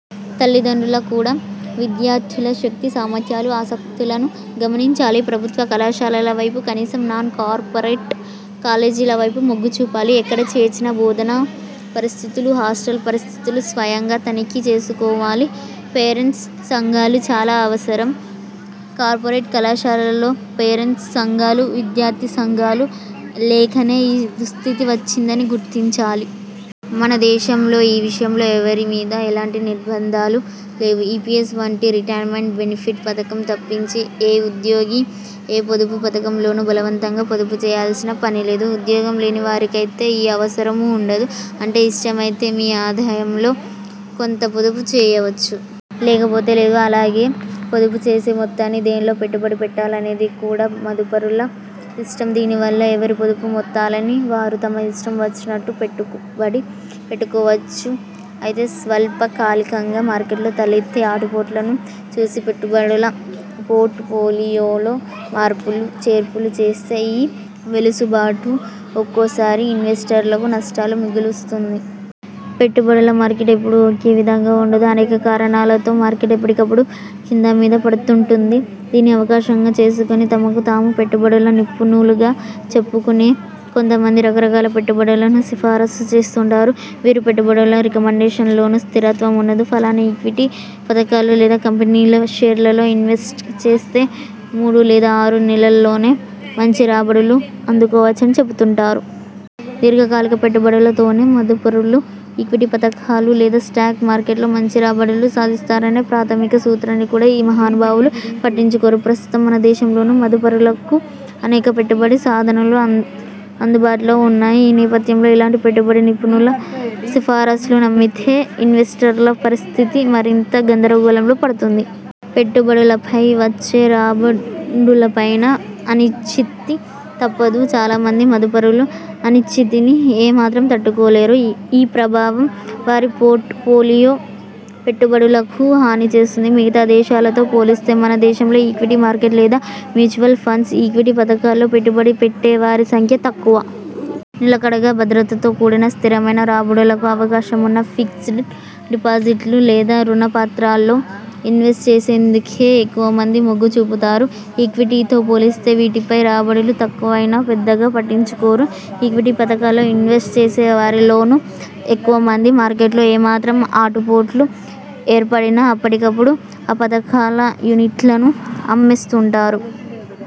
తల్లిదండ్రుల కూడా విద్యార్థుల శక్తి సామర్థ్యాలు, ఆసక్తులను గమనించాలి. ప్రభుత్వ, కళాశాలల వైపు, కనీసం నాన్ కార్పొరేట్ కాలేజీల వైపు మొగ్గుచూపాలి. ఎక్కడ చేర్చినా బోధనా పరిస్థితులు, హాస్టల్ పరిస్థితులు స్వయంగా తనిఖీ చేసుకోవాలి. పేరెంట్స్ సంఘాలు చాలా అవసరం. కార్పొరేటు కళాశాలలలో పేరెంట్స్ సంఘాలూ, విద్యార్థి సంఘాలూ లేకనే ఈ దుస్థితి వచ్చిందని గుర్తించాలి. మన దేశంలో ఈ విషయంలో ఎవరి మీదా ఎలాంటి నిర్భంధాలు లేవు. ఇపిఎఫ్ వంటి రిటైర్మెంట్ బెనిఫిట్ పథకం తప్పించి, ఏ ఉద్యోగీ ఏ పొదుపు పథకంలోనూ బలవంతంగా పొదుపు చేయాల్సిన పని లేదు. ఉద్యోగం లేని వారికైతే ఈ అవసరమూ ఉండదు. అంటే ఇష్టమైతే మీ ఆదాయంలో కొంత పొదుపు చేయవచ్చు. లేకపోతే లేదు. అలాగే పొదుపు చేసే మొత్తాన్ని దేన్లో పెట్టుబడి పెట్టాలనేది కూడా మదుపరుల ఇష్టం. దీని వల్ల ఎవరి పొదుపు మొత్తాలని వారు తమ ఇష్టం వచ్చినట్టు పెట్టుబడి పెట్టుకోవచ్చు. అయితే స్వల్పకాలికంగా మార్కెట్లో తలెత్తే ఆటుపోట్లను చూసి పెట్టుబడుల పోర్టుఫోలియోలో మార్పులు చేర్పులు చేస్తే, ఈ వెసులుబాటు ఒక్కోసారి ఇన్వెస్టర్లకు నష్టాలు మిగులుస్తుంది. పెట్టుబడుల మార్కెట్ ఎపుడూ ఒకే విధంగా ఉండదు. అనేక కారణాలతో మార్కెట్ ఎప్పటికపుడు కిందా మీదా పడుతుంటుంది. దీన్ని అవకాశంగా చేసుకుని తమకు తాము పెట్టుబడుల నిపుణులుగా చెప్పుకునే కొంత మంది రకరకాల పెట్టుబడులను సిఫారసు చేస్తుంటారు. వీరి పెట్టుబడుల రికమండేషన్లలోనూ స్థిరత్వం ఉండదు. ఫలానా ఈక్విటీ పథకాల్లో లేదా కంపెనీల షేర్లలో ఇన్వెస్ట్ చేస్తే మూడు లేదా ఆరు నెలల్లోనే మంచి రాబడులు అందుకోవచ్చని చెబుతుంటారు. దీర్ఘకాలిక పెట్టుబడులతోనే మదుపరులు ఈక్విటీ పథకాలు లేదా స్టాక్ మార్కెట్లో మంచి రాబడులు సాధిస్తారనే ప్రాథమిక సూత్రాన్ని కూడా ఈ మహానుభావులు పట్టించుకోరు. ప్రస్తుతం మన దేశంలోనూ మదుపరులకు అనేక పెట్టుబడి సాధనాలు అందుబాటులో ఉన్నాయి. ఈ నేపథ్యంలో ఇలాంటి పెట్టుబడి నిపుణుల సిఫారసులు నమ్మితే ఇన్వెస్టర్ల పరిస్థితి మరింత గందరగోళంలో పడుతుంది. పెట్టుబడులపై వచ్చే రాబడులపైనా అనిశ్చితి తప్పదు. చాలా మంది మదుపరులు అనిశ్చితిని ఏ మాత్రం తట్టుకోలేరు. ఈ ప్రభావం వారి పోర్టుఫోలియో పెట్టుబడులకూ హాని చేస్తుంది. మిగతా దేశాలతో పోలిస్తే మన దేశంలో ఈక్విటీ మార్కెట్ లేదా మ్యూచువల్ ఫండ్స్ ఈక్విటీ పథకాల్లో పెట్టుబడి పెట్టే వారి సంఖ్య తక్కువ. నిలకడగా భద్రతతో కూడిన స్థిరమైన రాబడులకు అవకాశం ఉన్న ఫిక్స్డ్ డిపాజిట్లు లేదా రుణ పత్రాల్లో ఇన్వెస్ట్ చేసేందుకే ఎక్కువ మంది మొగ్గు చూపుతారు. ఈక్విటీతో పోలిస్తే వీటిపై రాబడులు తక్కువైనా పెద్దగా పట్టించుకోరు. ఈక్విటీ పథకాల్లో ఇన్వెస్ట్ చేసే వారిలోనూ ఎక్కువ మంది, మార్కెట్లో ఏ మాత్రం ఆటుపోట్లు ఏర్పడినా అప్పటికపుడు ఆ పథకాల యూనిట్లను అమ్మేస్తుంటారు.